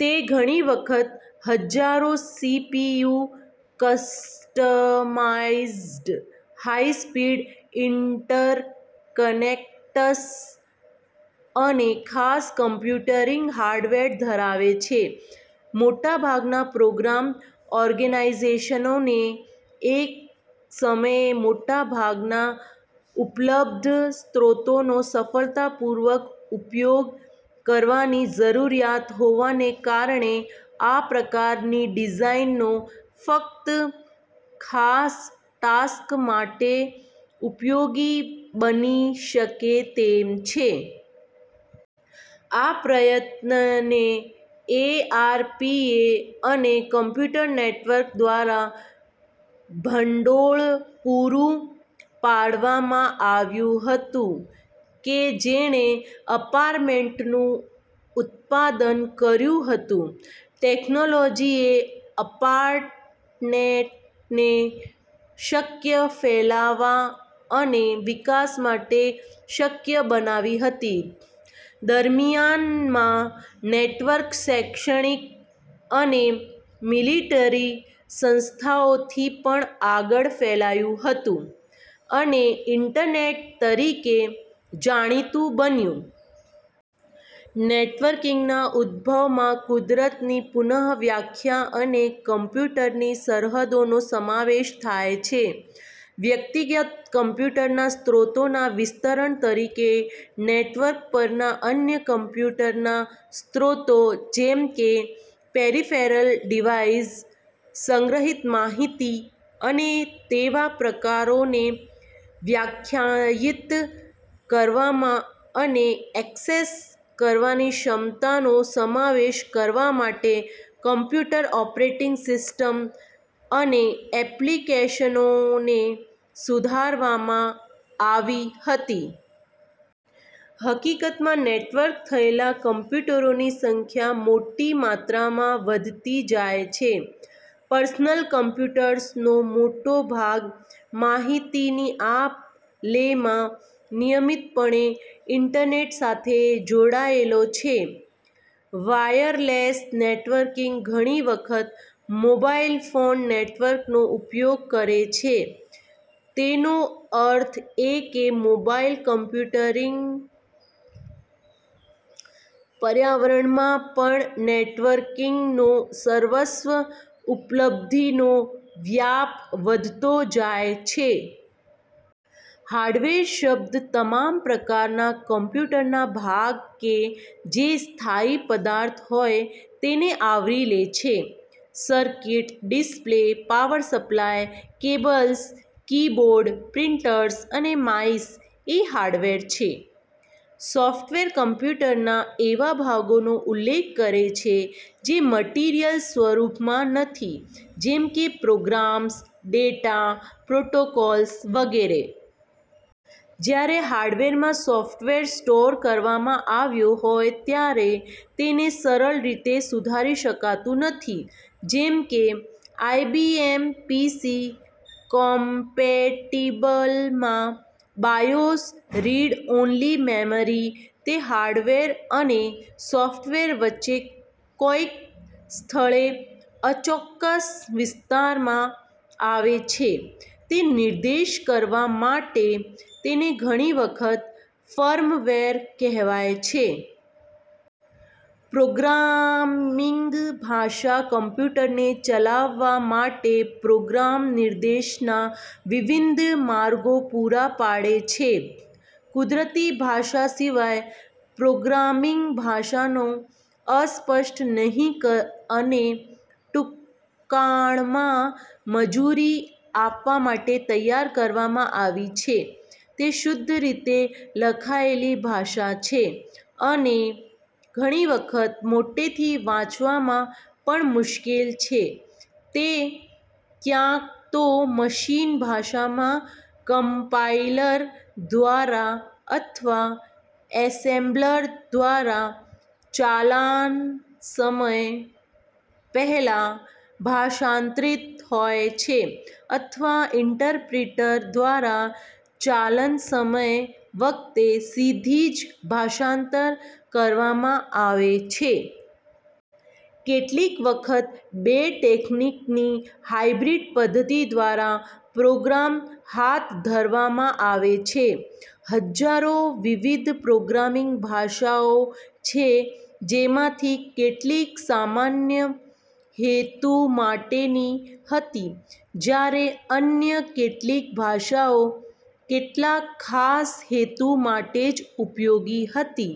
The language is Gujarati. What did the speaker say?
તે ઘણી વખત હજ્જારો CPU, customized high speed interconnects અને ખાસ કમ્પ્યુટીંગ હાર્ડવેર ધરાવે છે. મોટા ભાગના પ્રોગ્રામ ઓર્ગેનાઇઝેશનોને એક સમયે મોટા ભાગના ઉપલબ્ધ સ્ત્રોતોનો સફળતાપૂર્વક ઉપયોગ કરવાની જરૂરિયાત હોવાને કારણે આ પ્રકારની ડિઝાઇનો ફક્ત ખાસ ટાસ્ક માટે ઉપયોગી બની શકે તેમ છે. આ પ્રયત્નને એઆરપીએ અને કમ્પ્યુટર નેટવર્ક દ્વારા ભંડોળ પૂરું પાડવામાં આવ્યું હતું કે જેણે અર્પાનેટ નું ઉત્પાદન કર્યું હતું. ટેકનોલોજીએ અર્પાનેટને શક્ય ફેલાવા અને વિકાસ માટે શક્ય બનાવી હતી. દરમિયાનમાં નેટવર્ક શૈક્ષણિક અને મિલીટરી સંસ્થાઓથી પણ આગળ ફેલાયું હતું અને ઇન્ટરનેટ તરીકે જાણીતુ બન્યુ. નેટવર્કીંગના ઉદભવમાં કુદરતની પુનઃવ્યખ્યા અને કમ્પ્યુટરની સરહદોનો સમાવેશ થાય છે. વ્યક્તિગત કમ્પ્યુટરના સ્ત્રોતોના વિસ્તરણ તરીકે નેટવર્ક પરના અન્ય કમ્પ્યુટરના સ્ત્રોતો જેમ કે પેરિફેરલ ડિવાઇસ, સંગ્રહીત માહિતી અને તેવા પ્રકારોને વ્યાખ્યાયિત કરવામાં અને એક્સેસ કરવાની ક્ષમતાનો સમાવેશ કરવા માટે કમ્પ્યુટર ઓપરેટિંગ સિસ્ટમ્સ અને એપ્લીકેશનોને સુધારવામાં આવી હતી. હકીકતમાં નેટવર્ક થયેલા કમ્પ્યુટરોની સંખ્યા મોટી માત્રામાં વધતી જાય છે. પર્સનલ કમ્પ્યુટર્સનો મોટો ભાગ માહિતીની આપ-લેમાં નિયમિતપણે ઇન્ટરનેટ સાથે જોડાયેલો છે. "વાયરલેસ" નેટવર્કીંગ ઘણી વખત મોબાઇલ ફોન નેટવર્કનો ઉપયોગ કરે છે, તેનો અર્થ એ કે મોબાઇલ કમ્પ્યુટીંગ પર્યાવરણમાં પણ નેટવર્કીંગનો સર્વસ્વ ઉપલબ્ધિનો વ્યાપ વધતો જાય છે. હાર્ડવેર શબ્દ તમામ પ્રકારના કમ્પ્યુટરના ભાગ કે જે સ્થાયી પદાર્થ હોય તેને આવરી લે છે. Circuit, display, power supply, cables, keyboard, printers અને માઇસ એ હાર્ડવેર છે. સોફ્ટવેર કમ્પ્યુટરના એવા ભાગોનો ઉલ્લેખ કરે છે, જે મટીરીયલ સ્વરૂપમાં નથી, જેમ કે પ્રોગ્રામ્સ, ડેટા, પ્રોટોકોલ્સ વગેરે. જ્યારે હાર્ડવેરમાં સોફ્ટવેર સ્ટોર કરવામાં આવ્યો હોય ત્યારે, તેને સરળ રીતે સુધારી શકાતું નથી જેમ કે આઇબીએમ પીસી કોમ્પેટીબલમાં બાયોસ, રિડ-ઓન્લી મેમરી, તે હાર્ડવેર અને સોફ્ટવેર વચ્ચે કોઇક સ્થળે અચોક્કસ વિસ્તારમાં આવે છે તે નિર્દેશ કરવા માટે તેને ઘણી વખત "ફર્મવેર" કહેવાય છે. પ્રોગ્રામીંગ ભાષા કમ્પ્યુટરને ચલાવવા માટે પ્રોગ્રામ નિર્દેશના વિવિધ માર્ગો પૂરા પાડે છે કુદરતી ભાષા સિવાય, પ્રોગ્રામીંગ ભાષાઓ અસ્પષ્ટ નહી અને ટૂંકાણમાં મંજૂરી આપવા માટે તૈયાર કરવામાં આવી છે. તે શુદ્ધ રીતે લખાયેલી ભાષા છે અને ઘણી વખત મોટેથી વાંચવામાં પણ મુશ્કેલ છે તે ક્યાંતો મશિન ભાષામાં કમ્પાઇલર દ્વારા અથવા એસેમ્બ્લર દ્વારા ચાલનસમય પહેલા ભાષાંતરીત હોય છે અથવા ઇન્ટરપ્રિટર દ્વારા ચાલનસમય વખતે સીધી જ ભાષાંતર કરવામાં આવે છે. કેટલીક વખત બે ટેકનીકની હાઇબ્રીડ પદ્ધતિ દ્વારા પ્રોગ્રામ હાથ ધરવામાં આવે છે. હજ્જારો વિવિધ પ્રોગ્રામીંગ ભાષાઓ છે-જેમાંની કેટલીક સામાન્ય હેતુ માટેની હતી, જ્યારે અન્ય કેટલીક ભાષાઓ કેટલાક ખાસ હેતુ માટે જ ઉપયોગી હતી.